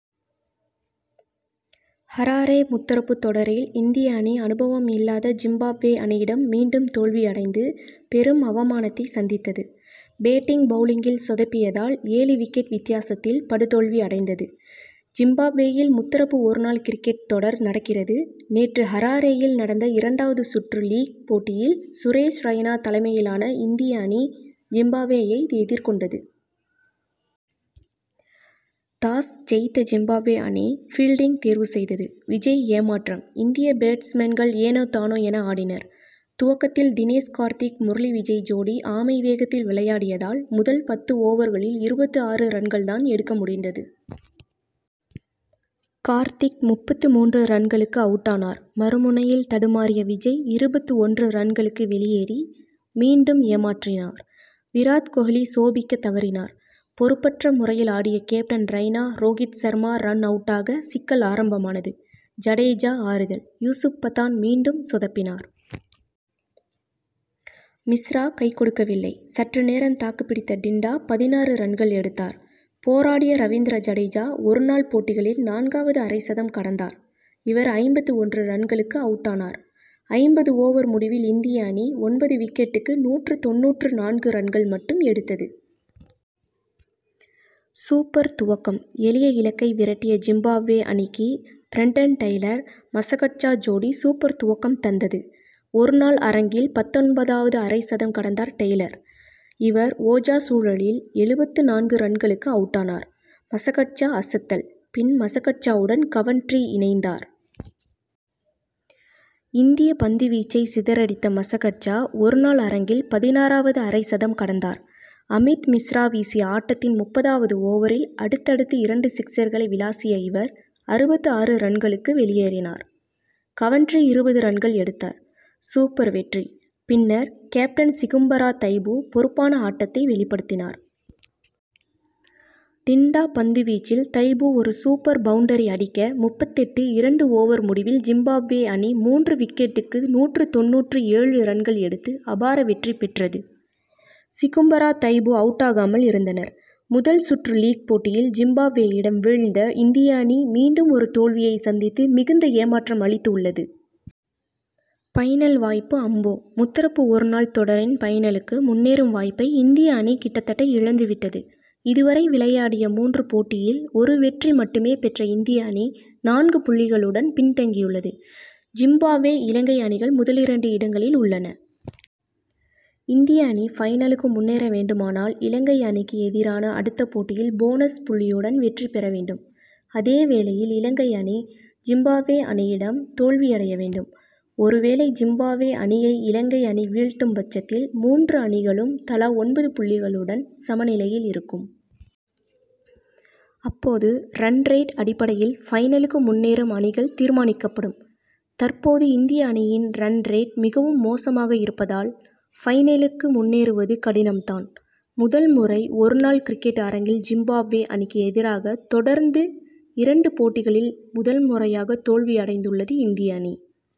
Harare முத்தரப்பு தொடரில் இந்திய அணி அனுபவம்இல்லாத ஜிம்பாப்வே அணியிடம் மீண்டும் தோல்வி அடைந்து, பெரும் அவமானத்தை சந்தித்தது. பேட்டிங், பவுலிங்கில் சொதப்பியதால் ஏழு விக்கெட் வித்தியாசத்தில் படுதோல்வி அடைந்தது. ஜிம்பாப்வேயில் முத்தரப்பு ஒரு நாள் கிரிக்கெட் தொடர் நடக்கிறது. நேற்று ஹராரேயில் நடந்த இரண்டாவது சுற்று லீக் போட்டியில் சுரேஷ் ரெய்னா தலைமையிலான இந்திய அணி, ஜிம்பாப் வேயை எதிர்கொண்டது. டாஸ்' ஜெயித்த ஜிம்பாப்வே அணி, பீல்டிங் தேர்வு செய்தது. விஜய் ஏமாற்றம்: இந்திய பேட்ஸ் மேன்கள் ஏனோதானோ என ஆடினர். துவக்கத்தில் தினேஷ் கார்த்திக், முரளி விஜய் ஜோடி ஆமை வேகத்தில் விளையாடியதால், முதல் பத்து ஓவர்களில் இருபத்து ஆறு ரன்கள் தான் எடுக்க முடிந்தது. கார்த்திக் முப்பத்து மூன்று ரன்களுக்கு அவுட்டானார். மறுமுனையில் தடுமாறிய விஜய், இருபத்து ஒன்று ரன்களுக்கு வெளியேறி, மீண்டும் ஏமாற்றினார். விராத் கோஹ்லி சோபிக்க தவறினார். பொறுப்பற்ற முறையில் ஆடிய கேப்டன் ரெய்னா, ரோகித் சர்மா ரன்-அவுட்டாக, சிக்கல் ஆரம்பமானது. ஜடேஜா ஆறுதல்: யூசுப் பதான், மீண்டும் சொதப்பினார். மிஸ்ரா, கைகொடுக்கவில்லை. சற்று நேரம் தாக்குப் பிடித்த டின்டா பதினாறு ரன்கள் எடுத்தார். போராடிய ரவிந்திர ஜடேஜா, ஒரு நாள் போட்டிகளில் நான்கு வது அரை சதம் கடந்தார். இவர் ஐம்பத்து ஒன்று ரன்களுக்கு அவுட்டானார். ஐம்பது ஓவர் முடிவில் இந்திய அணி ஒன்பது விக்கெட்டுக்கு நூற்று தொண்ணூற்று நான்கு ரன்கள் மட்டும் எடுத்தது. சூப்பர் துவக்கம்: எளிய இலக்கை விரட்டிய ஜிம்பாப்வே அணிக்கு, பிரண்டன் டெய்லர், மசகட்சா ஜோடி சூப்பர் துவக்கம் தந்தது. ஒரு நாள் அரங்கில் பத்தொன்பதாவது அரை சதம் கடந்தார் டெய்லர். இவர், ஓஜா சுழலில் எழுபத்து நான்கு ரன்களுக்கு அவுட்டானார். மசகட்சா அசத்தல்: பின் மசகட்சாவுடன், கவன்ட்ரி இணைந்தார். இந்திய பந்துவீச்சை சிதறடித்த மசகட்சா, ஒரு நாள் அரங்கில் பதினாறாவது அரை சதம் கடந்தார். அமித் மிஸ்ரா வீசிய ஆட்டத்தின் முப்பதாவது ஓவரில் அடுத்தடுத்து இரண்டு சிக்சர்களை விளாசிய இவர், அறுபத்து ஆறு ரன்களுக்கு வெளியேறினார். கவன்ட்ரி இருபது ரன்கள் எடுத்தார். சூப்பர் வெற்றி: பின்னர் கேப்டன் சிகும்பரா, தைபு பொறுப்பான ஆட்டத்தை வெளிப்படுத்தினர். டின்டா பந்து வீச்சில் தைபு ஒரு சூப்பர் பவுண்டரி அடிக்க, முப்பத்தெட்டு. இரண்டு ஓவர் முடிவில் ஜிம்பாப்வே அணி மூன்று விக்கெட்டுக்கு நூற்று தொண்ணூற்று ஏழு ரன்கள் எடுத்து அபார வெற்றி பெற்றது. சிகும்பரா, தைபு அவுட்டாகாமல் இருந்தனர். முதல் சுற்று லீக் போட்டியில் ஜிம்பாப்வேயிடம் வீழ்ந்த இந்திய அணி, மீண்டும் ஒரு தோல்வியை சந்தித்து மிகுந்த ஏமாற்றம் அளித்து உள்ளது. பைனல் வாய்ப்பு அம்போ? முத்தரப்பு ஒருநாள் தொடரின் பைனலுக்கு முன்னேறும் வாய்ப்பை, இந்திய அணி கிட்டத்தட்ட இழந்து விட்டது. இதுவரை விளையாடிய மூன்று போட்டியில், ஒரு வெற்றி மட்டுமே பெற்ற இந்திய அணி நான்கு புள்ளிகளுடன் பின்தங்கியுள்ளது. ஜிம்பாப்வே, இலங்கை அணிகள் முதலிரண்டு இடங்களில் உள்ளன. இந்திய அணி பைனலுக்கு முன்னேற வேண்டுமானால், இலங்கை அணிக்கு எதிரான அடுத்த போட்டியில் போனஸ்' புள்ளியுடன் வெற்றி பெற வேண்டும். அதேவேளையில் இலங்கை அணி, ஜிம்பாப்வே அணியிடம் தோல்வியடைய வேண்டும். ஒருவேளை ஜிம்பாப்வே அணியை, இலங்கை அணி வீழ்த்தும் பட்சத்தில், மூன்று அணிகளும் தலா ஒன்பது புள்ளிகளுடன் சமநிலையில் இருக்கும். அப்போது ரன் ரேட் அடிப்படையில் பைனலுக்கு முன்னேறும் அணிகள் தீர்மானிக்கப்படும். தற்போது இந்திய அணியின் ரன் ரேட் மிகவும் மோசமாக இருப்பதால், பைனலுக்கு முன்னேறுவது கடினம் தான். முதல் முறை: ஒரு நாள் கிரிக்கெட் அரங்கில் ஜிம்பாப்வே அணிக்கு எதிராக தொடர்ந்து இரண்டு போட்டிகளில் முதல் முறையாக தோல்வி அடைந்துள்ளது இந்திய அணி.